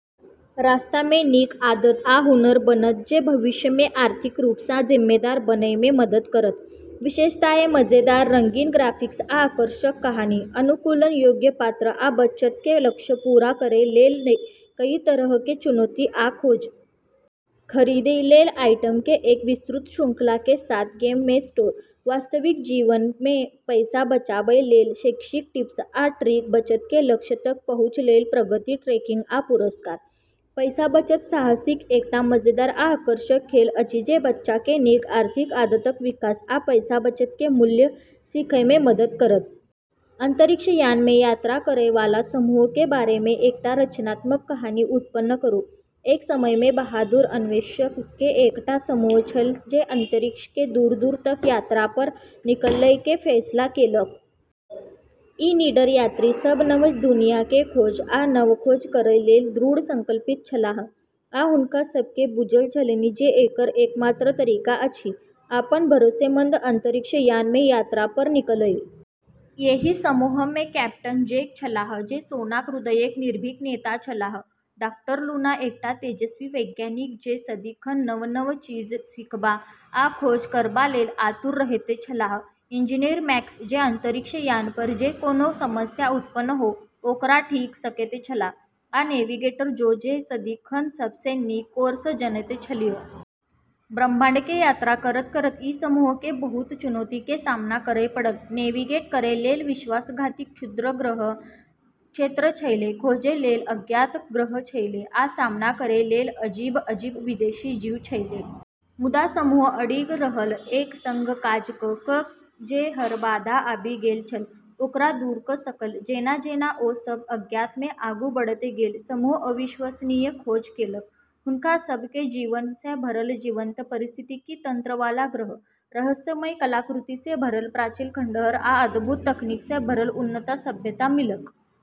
रास्ता मे नीक आदत आ हुनर बनत जे भविष्य मे आर्थिक रूप सँ जिम्मेदार बनय मे मदद करत। विशेषताएं: मजेदार, रंगीन ग्राफिक्स आ आकर्षक कहानी। अनुकूलन योग्य पात्र आ बचत के लक्ष्य पूरा करै लेल कई तरह के चुनौती आ खोज। खरीदै लेल आइटम के एक विस्तृत श्रृंखला के साथ गेम मे स्टोर। वास्तविक जीवन मे पैसा बचाबय लेल शैक्षिक टिप्स आ ट्रिक। बचत के लक्ष्य तक पहुँच लेल प्रगति ट्रैकिंग आ पुरस्कार। पैसा-बचत साहसिक एकटा मजेदार आ आकर्षक खेल अछि जे बच्चा के नीक आर्थिक आदतक विकास आ पैसा बचत के मूल्य सीखय मे मदद करत। अंतरिक्ष यान मे यात्रा करय वाला समूह के बारे मे एकटा रचनात्मक कहानी उत्पन्न करू। एक समय मे बहादुर अन्वेषक के एकटा समूह छल जे अंतरिक्ष के दूर-दूर तक यात्रा पर निकलय के फैसला केलक। ई निडर यात्री सब नव दुनिया के खोज आ नव खोज करय लेल दृढ़ संकल्पित छलाह, आ हुनका सब के बुझल छलनि जे एकर एकमात्र तरीका अछि अपन भरोसेमंद अंतरिक्ष यान मे यात्रा पर निकलय। एहि समूह मे कैप्टन जैक छलाह, जे सोनाक हृदयक निर्भीक नेता छलाह; डाक्टर लूना, एकटा तेजस्वी वैज्ञानिक जे सदिखन नव-नव चीज सीखबा आ खोज करबा लेल आतुर रहैत छलाह; इंजीनियर मैक्स, जे अंतरिक्ष यान पर जे कोनो समस्या उत्पन्न हो, ओकरा ठीक क' सकैत छलाह; आ नेविगेटर ज़ो, जे सदिखन सबसँ नीक कोर्स जनैत छलीह। ब्रह्माण्ड के यात्रा करत-करत ई समूह के बहुत चुनौती के सामना करय पड़ल। नेविगेट करै लेल विश्वासघाती क्षुद्रग्रह क्षेत्र छेलै, खोजै लेल अज्ञात ग्रह छेलै, आ सामना करै लेल अजीब-अजीब विदेशी जीव छेलै। मुदा समूह अडिग रहल, एक संग काज क' क' जे हर बाधा आबि गेल छल, ओकरा दूर क' सकल। जेना-जेना ओ सब अज्ञात मे आगू बढ़ैत गेल, समूह अविश्वसनीय खोज केलक। हुनका सब के जीवन सँ भरल जीवंत पारिस्थितिकी तंत्र वाला ग्रह, रहस्यमय कलाकृति सँ भरल प्राचीन खंडहर आ अद्भुत तकनीक सँ भरल उन्नत सभ्यता मिलल।